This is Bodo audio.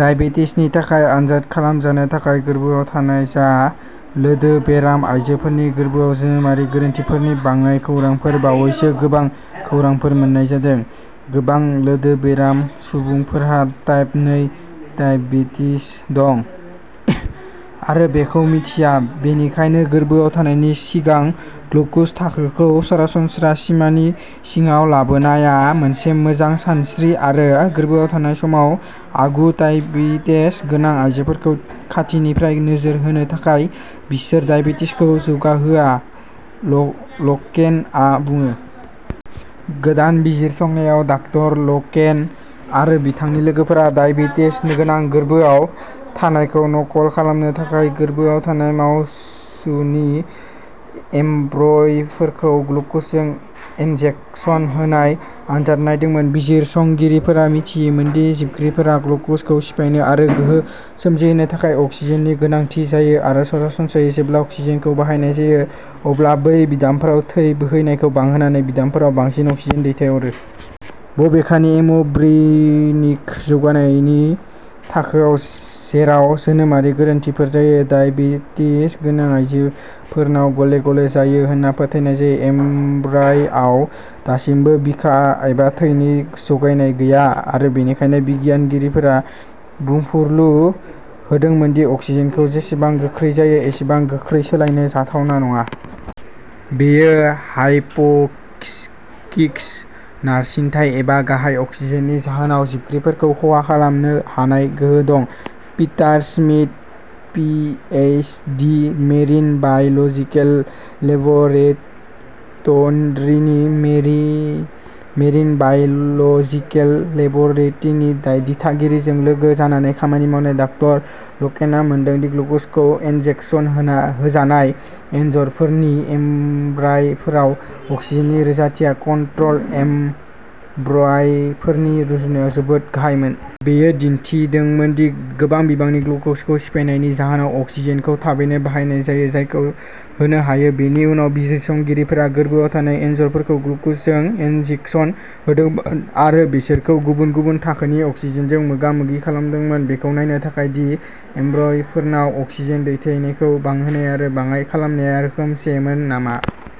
दाइबेटिसनि थाखाय आनजाद खालामजानो थाखाय गोर्बोआव थानाय जा। लोदोबेराम आयजोफोरनि गोर्बोआव जोनोमारि गोरोन्थिफोरनि बांनाय खौरांफोर बावैसो गोबां खौरांफोर मोन्नाय जादों। "गोबां लोदोबेराम सुबुंफोरहा टाइप नै दाइबेटिस दं आरो बेखौ मिन्थिया, बेनिखायनो गोर्बोआव थानायनि सिगां ग्लुकज थाखोखौ सरासनस्रा सिमानि सिङाव लाबोनाया मोनसे मोजां सानस्रि, आरो गोर्बोआव थानाय समाव आगु दाइबेटेस गोनां आयजोफोरखौ खाथिनिफ्राय नोजोर होनो थाखाय बिसोर दाइबेटिसखौ जौगाहोआ" ल' लकेनआ बुङो। गोदान बिजिरसंनायाव, डाक्टर लकेन आरो बिथांनि लोगोफोरा दाइबेटिस गोनां गोर्बोआव थानायखौ नकल खालामनो थाखाय गोरबोआव थानाय माउसनि एम्ब्रय'फोरखौ ग्लुकजजों इनजेकसन होनाय आनजाद नायदोंमोन। बिजिरसंगिरिफोरा मिथियोमोन दि जिबख्रिफोरा ग्लुकजखौ सिफायनो आरो गोहो सोमजिहोनो थाखाय अक्सिजेननि गोनांथि जायो, आरो सरासनस्रायै, जेब्ला अक्सिजेनखौ बाहायनाय जायो, अब्ला बै बिदामफोराव थै बोहैनायखौ बांहोनानै बिदामफोराव बांसिन अक्सिजेन दैथायहरो। बबेखानि, म्ब्रियनिक जौगानायनि थाखोआव जेराव जोनोमारि गोरोन्थिफोर जायो। डायबेटिस गोनां आइजोफोरनाव गले गले जायो होनना फोथायनाय जायो, एम्ब्राय'आव दासिमबो बिखा एबा थैनि जगायनाय गैया, आरो बेनिखायनो बिगियानगिरिफोरा बुंफुरलु होदोंमोन दि अक्सिजेनखौ जेसेबां गोख्रै जायो एसेबां गोख्रै सोलायनाय जाथावना नङा। बेयो हायप'किसकिकस नारसिनथाय, एबा गाहाय अक्सिजेन नि जाहोनाव जिबख्रिफोरखौ खहा खालामनो हानाय गोहो दं। Peter Smith, P H. D., marine biological लेब'रेट'रिनि मेरि मेरिन बाय'लजिकेल लेब'रेट'रिनि दिथागिरिजों लोगो जानानै खामानि मावनाय, डाक्टर ल'केनआ मोनदों दि ग्लुक'जखौ इन्जेकसन होना होजानाय एनजर'फोरनि एम्ब्राय'फोराव अक्सिजेननि रोजाथिया कन्ट्रल एम्ब्राय'फोरनि रुजुनायाव जोबोद गाहायमोन। बेयो दिन्थिदोंमोन दि गोबां बिबांनि ग्लुक'जखौ सिफायनायनि जाहोनाव अक्सिजेनखौ थाबैनो बाहायनाय जायो जायखौ होनो हायो। बेनि उनाव बिजिरसंगिरिफोरा गोरबोआव थानाय एनजर'फोरखौ ग्लुक'जजों इन्जेकसन होदोंमोन, एबा बिसोरखौ गुबुन गुबुन थाखोनि अक्सिजेनजों मोगामोगि खालामदोंमोन बेखौ नायनो थाखाय दि एम्ब्राय'फोरनाव अक्सिजेन दैथायनायखौ बांहोनाय आरो बाङाइ खालामनाया रोखोमसेमोन नामा।